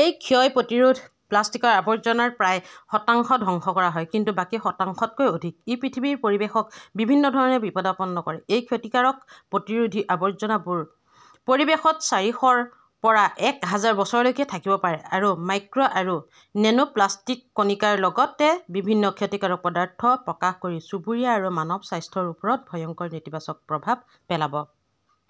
এই ক্ষয় প্ৰতিৰোধী প্লাষ্টিকৰ আৱৰ্জনাৰ প্ৰায় শতাংশ ধ্বংস কৰা হয়, কিন্তু বাকী শতাংশতকৈ অধিক । ই পৃথিৱীৰ পৰিৱেশক বিভিন্ন ধৰণে বিপদাপন্ন কৰে। এই ক্ষতিকাৰক প্ৰতিৰোধী আৱৰ্জনাবোৰ পৰিৱেশত চাৰিশৰ পৰা এক হাজাৰ বছৰলৈকে থাকিব পাৰে আৰু মাইক্ৰ আৰু নেনোপ্লাস্টিক কণিকাৰ লগতে বিভিন্ন ক্ষতিকাৰক পদাৰ্থ প্ৰকাশ কৰি চুবুৰীয়া আৰু মানৱ স্বাস্থ্যৰ ওপৰত ভয়ংকৰ নেতিবাচক প্ৰভাৱ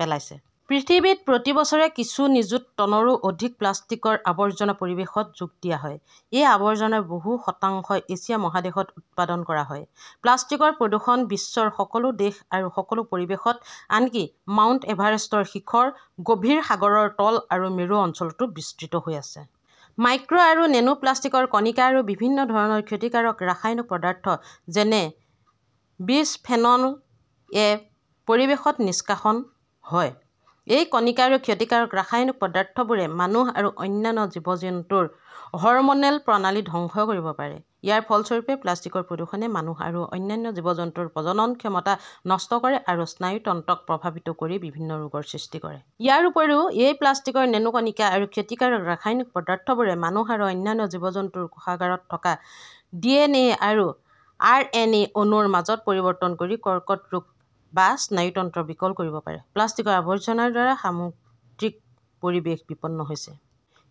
পেলাইছে। পৃথিৱীত প্ৰতি বছৰে কিছু নিযুত টনৰো অধিক প্লাষ্টিকৰ আৱৰ্জনা পৰিৱেশত যোগ দিয়া হয়। এই আৱৰ্জনাৰ বহু শতাংশ এছিয়া মহাদেশত উৎপাদন কৰা হয়। প্লাষ্টিকৰ প্ৰদূষণ বিশ্বৰ সকলো দেশ আৰু সকলো পৰিৱেশত, আনকি মাউণ্ট এভাৰেষ্টৰ শিখৰ, গভীৰ সাগৰৰ তল আৰু মেৰু অঞ্চলতো বিস্তৃত হৈ আছে। মাইক্ৰ আৰু নেনো প্লাষ্টিকৰ কণিকা আৰু বিভিন্ন ধৰণৰ ক্ষতিকাৰক ৰাসায়নিক পদাৰ্থ, যেনে বিসফেনল-এ পৰিৱেশত নিষ্কাশিত হয়। এই কণিকা আৰু ক্ষতিকাৰক ৰাসায়নিক পদাৰ্থবোৰে মানুহ আৰু অন্যান্য জীৱ-জন্তুৰ হৰম'নেল প্ৰণালী ধ্বংস কৰিব পাৰে। ইয়াৰ ফলস্বৰূপে প্লাষ্টিকৰ প্ৰদূষণে মানুহ আৰু অন্যান্য জীৱ-জন্তুৰ প্ৰজনন ক্ষমতা নষ্ট কৰে আৰু স্নায়ুতন্ত্ৰক প্ৰভাৱিত কৰি বিভিন্ন ৰোগৰ সৃষ্টি কৰে। ইয়াৰ উপৰিও এই প্লাষ্টিকৰ নেনো কণিকা আৰু ক্ষতিকাৰক ৰাসায়নিক পদাৰ্থবোৰে মানুহ আৰু অন্যান্য জীৱ-জন্তুৰ কোষাগাৰত থকা ডিএনএ আৰু আৰএনএ অণুৰ মাজত পৰিৱৰ্তন কৰি কৰ্কট ৰোগ বা স্নায়ুতন্ত্ৰ বিকল কৰিব পাৰে। প্লাষ্টিকৰ আৱৰ্জনাৰ দ্বাৰা সামুদ্ৰিক পৰিৱেশ বিপন্ন হৈছে।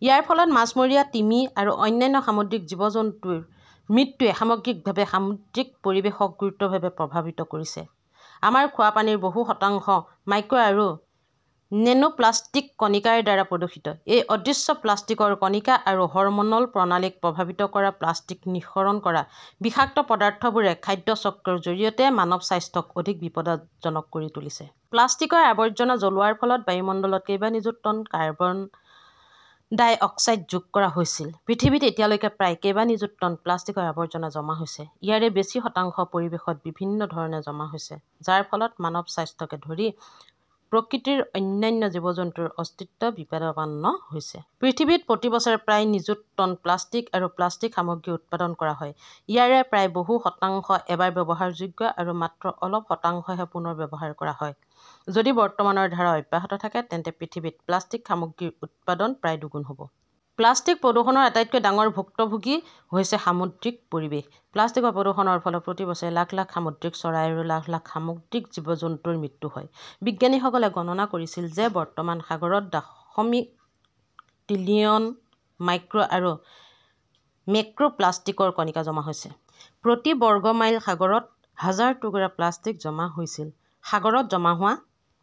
ইয়াৰ ফলত মাছমৰীয়া, তিমি আৰু অন্যান্য সামুদ্ৰিক জীৱ-জন্তুৰ মৃত্যুৱে সামগ্ৰিকভাৱে সামুদ্ৰিক পৰিৱেশক গুৰুতৰভাৱে প্ৰভাৱিত কৰিছে। আমাৰ খোৱা পানীৰ বহু শতাংশ মাইক্ৰ আৰু নেনোপ্লাস্টিক কণিকাৰ দ্বাৰা প্ৰদূষিত। এই অদৃশ্য প্লাষ্টিকৰ কণিকা আৰু হৰম'ন'ল প্ৰণালীক প্ৰভাৱিত কৰা প্লাষ্টিক নিঃসৰণ কৰা বিষাক্ত পদাৰ্থবোৰে খাদ্য চক্ৰৰ জৰিয়তে মানৱ স্বাস্থ্যক অধিক বিপদজনক কৰি তুলিছে। প্লাষ্টিকৰ আৱৰ্জনা জ্বলোৱাৰ ফলত বায়ুমণ্ডলত কেইবা নিযুত টন কাৰ্বন ডাই অক্সাইড যোগ কৰা হৈছিল। পৃথিৱীত এতিয়ালৈকে প্ৰায় কেইবা নিযুত টন প্লাষ্টিকৰ আৱৰ্জনা জমা হৈছে। ইয়াৰে বেছি শতাংশ পৰিৱেশত বিভিন্ন ধৰণে জমা হৈছে, যাৰ ফলত মানৱ স্বাস্থ্যকে ধৰি প্ৰকৃতিৰ অন্যান্য জীৱ-জন্তুৰ অস্তিত্ব বিপদাপন্ন হৈছে। পৃথিৱীত প্ৰতি বছৰে প্ৰায় নিযুত টন প্লাষ্টিক আৰু প্লাষ্টিক সামগ্ৰী উৎপাদন কৰা হয়। ইয়াৰে প্ৰায় বহু শতাংশ এবাৰ ব্যৱহাৰযোগ্য আৰু মাত্ৰ অলপ শতাংশহে পুনৰ ব্যৱহাৰ কৰা হয়। যদি বৰ্তমানৰ ধাৰা অব্যাহত থাকে, তেন্তে পৃথিৱীত প্লাষ্টিক সামগ্ৰীৰ উৎপাদন প্ৰায় দুগুণ হ'ব। প্লাষ্টিক প্ৰদূষণৰ আটাইতকৈ ডাঙৰ ভুক্তভোগী হৈছে সামুদ্ৰিক পৰিৱেশ। প্লাষ্টিকৰ প্ৰদূষণৰ ফলত প্ৰতি বছৰে লাখ লাখ সামুদ্ৰিক চৰাই আৰু লাখ লাখ সামুদ্ৰিক জীৱ-জন্তুৰ মৃত্যু হয়। বিজ্ঞানীসকলে গণনা কৰিছিল যে বৰ্তমান সাগৰত দশমিক ত্ৰিলিয়ন মাইক্ৰ আৰু মেক্ৰ'প্লাষ্টিকৰ কণিকা জমা হৈছে। প্ৰতি বৰ্গ মাইল সাগৰত হাজাৰ টুকুৰা প্লাষ্টিক জমা হৈছিল। সাগৰত জমা হোৱা